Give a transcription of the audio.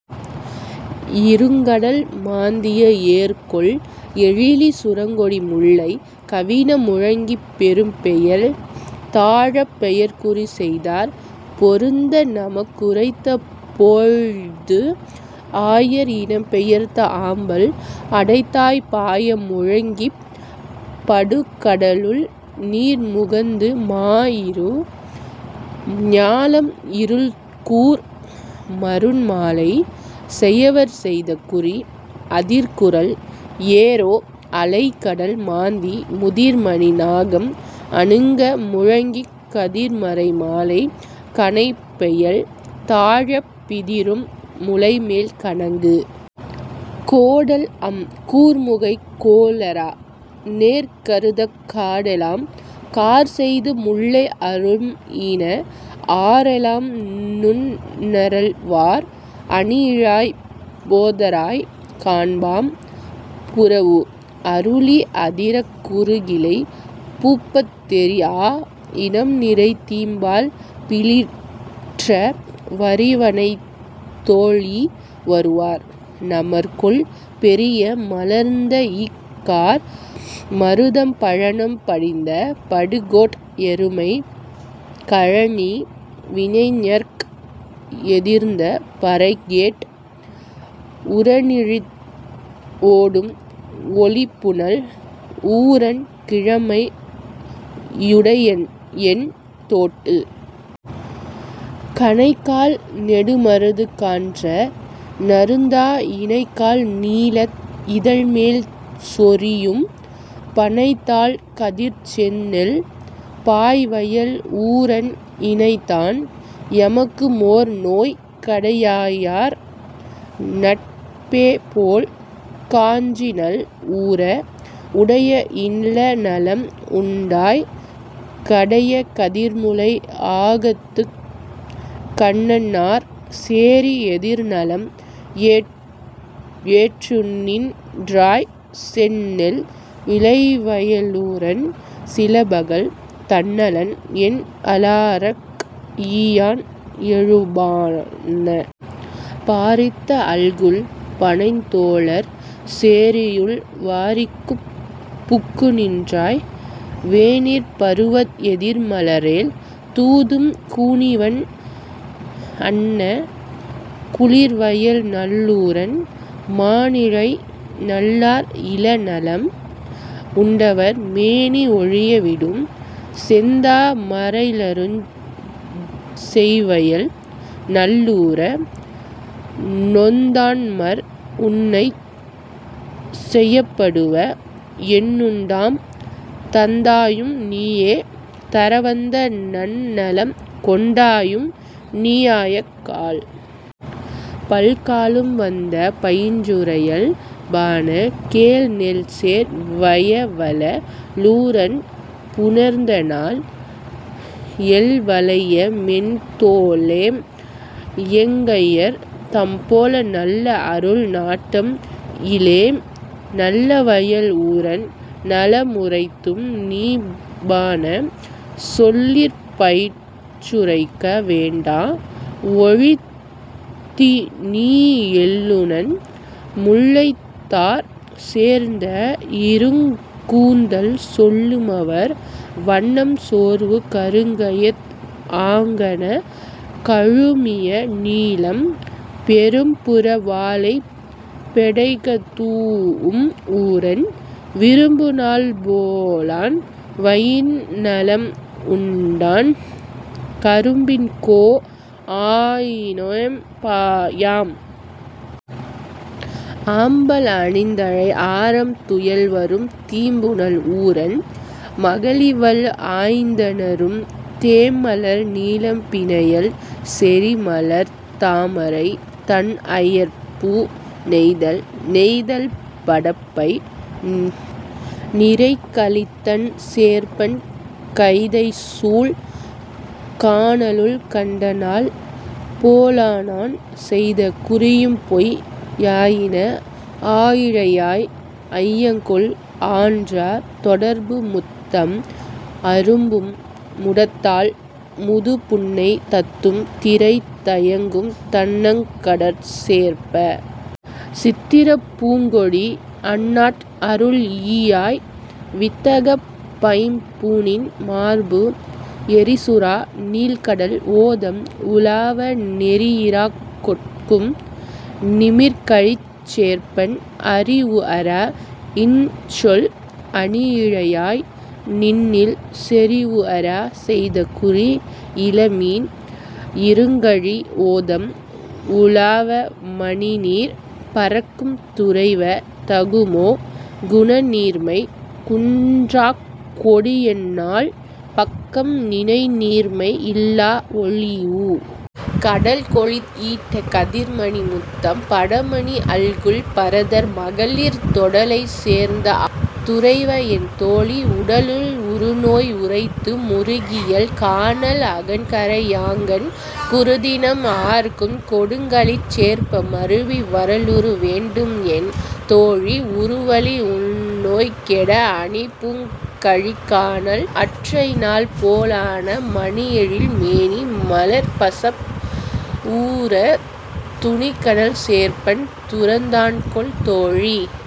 இருங்கடல் மாந்திய ஏர்கொள் எழிலி சுருங்கொடி முல்லை கவின முழங்கிப் பெரும்பெயல் தாழப் பெயர்குறி செய்தார் பொருந்த நமக்குரைத்த போழ்து. ஆயர் இனம்பெயர்த் ஆம்பல் அடைதாய் பாய முழங்கிப் படுகடலுள் நீர்முகந்து மாயிரு ஞாலம் இருள்கூர் மருண்மாலை செயவர் செய்த குறி. அதிர்குரல் ஏறோ அலைகடல் மாந்தி முதிர்மணி நாகம் அனுங்க முழங்கிக் கதிர்மறை மாலை கனைபெயல் தாழப் பிதிரும் முலைமேல் கணங்கு. கோடல்அம் கூர்முகை கோளரா நேர்கருதக் காடெலாம் கார்செய்து முல்லை அரும்ஈன ஆறெலாம் நுண்ணறல் வார் அணியிழாய்! போதராய் காண்பாம் புறவு. அருளி அதிரக் குருகிலை பூப்பத் தெரிஆ இனம்நிறை தீம்பால் பிலிற்ற வரிவனைத் தோளி! வருவார் நமர்கொல் பெரிய மலர்ந்தஇக் கார்.. மருதம் பழனம் படிந்த படுகோட் எருமை கழனி வினைஞர்க் எதிர்ந்த பறைகேட் உரனிழிந் ஓடும் ஒலிபுனல் ஊரன் கிழமை யுடையன்என் தோட்டு. கணைக்கால் நெடுமருது கான்ற நறுந்தா இணைக்கால் நீலத் இதழ்மேல் சொரியும் பணைத்தாள் கதிர்ச்செந்நெல் பாய்வயல் ஊரன் இணைத்தான் எமக்குமோர் நோய். கடையாயார் நட்பேபோல் காஞ்சிநல் ஊர! உடைய இளநலம் உண்டாய் கடைய கதிர்முலை ஆகத்துக் கண்ணன்னார் சேரி எதிர்நலம் ஏற்றுநின் றாய். செந்நெல் விளைவய லூரன் சிலபகல் தன்னலம் என்அலார்க் ஈயான் எழுபாண! பாரித்த அல்குல் பணைத்தோளார் சேரியுள் வாரிக்குப் புக்குநின் றாய். வேனிற் பருவத் எதிர்மலரேல் தூதும் கூனிவண் அன்ன குளிர்வயல் நல்லூரன் மாணிழை நல்லார் இளநலம் உண்டவர் மேனி ஒழிய விடும். செந்தா மரைலருஞ் செய்வயல் நல்லூர! நொந்தான்மற் உன்னைச் செயப்படுவ என்னுண்டாம் தந்தாயும் நீயே தரவந்த நன்னலம் கொண்டாயும் நீஆயக் கால். பல்காலும் வந்த பயின்றுரையல் பாண! கேள் நெல்சேர் வயவல லூரன் புணர்ந்தநாள் எல்வளைய மென்தோளேம் எங்கையர் தம்போல நல்லஅருள் நாட்டம்இ லேம். நல்லவயல் ஊரன் நலமுரைத்தும் நீபாண! சொல்லிற் பயின்றுரைக்க வேண்டா ஒழிதிநீ எல்லுநன் முல்லைத்தார் சேர்ந்த இருங்கூந்தல் சொல்லுமவர் வண்ணம் சோர்வு. கருங்கயத் ஆங்கண கழுமிய நீலம் பெரும்புற வாளைப் பெடைகதூஉம் ஊரன் விரும்புநாள் போலான் வயின்நலம் உண்டான் கரும்பின்கோ ஆயினேம் யாம். ஆம்பல் அணிந்தழை ஆரம் துயல்வரும் தீம்புனல் ஊரன் மகளிவள் ஆய்ந்தநறும் தேமலர் நீலம் பிணையல் செறிமலர்த் தாமரை தன்ஐயர் பூ.. நெய்தல் நெய்தல் படப்பை நிறைகழித் தண்சேர்ப்பன் கைதைசூழ் கானலுள் கண்டநாள் போலானான் செய்த குறியும்பொய் யாயின ஆயிழையாய்! ஐயகொல் ஆன்றார் தொடர்பு. முத்தம் அரும்பும் முடத்தாள் முதுபுன்னை தத்தும் திரைதயங்கும் தண்ணங் கடற்சேர்ப்ப! சித்திரப் பூங்கொடி அன்னாட் அருள்ஈயாய் வித்தகப் பைம்பூணின் மார்பு. எறிசுறா நீள்கடல் ஓதம் உலாவ நெறியிறாக் கொட்கும் நிமிர்கழிச் சேர்ப்பன் அறிவுஅறா இன்சொல் அணியிழையாய்! நின்னில் செறிவுஅறா செய்த குறி. இளமீன் இருங்கழி ஓதம் உலாவ மணிநீர் பரக்கும் துறைவ! தகுமோ குணநீர்மை குன்றாக் கொடியன்னாள் பக்கம் நினைநீர்மை இல்லா ஒழிவு. கடல்கொழித் ஈட்ட கதிர்மணி முத்தம் படமணி அல்குல் பரதர் மகளிர் தொடலைசேர்த் துறைவ! என்தோழி! உடலுள் உறுநோய் உரைத்து. முருகியல் கானல் அகன்கரை யாங்கண் குருதினம் ஆர்க்கும் கொடுங்கழிச் சேர்ப்ப மருவி வரலுற வேண்டும்என் தோழி உருவழி உன்நோய் கெட. அணிபூங் கழிக்கானல் அற்றைநாள் போலான மணியெழில் மேனி மலர்பசப் ஊரத் துணிகடல் சேர்ப்பன் துறந்தான்கொல் தோழி!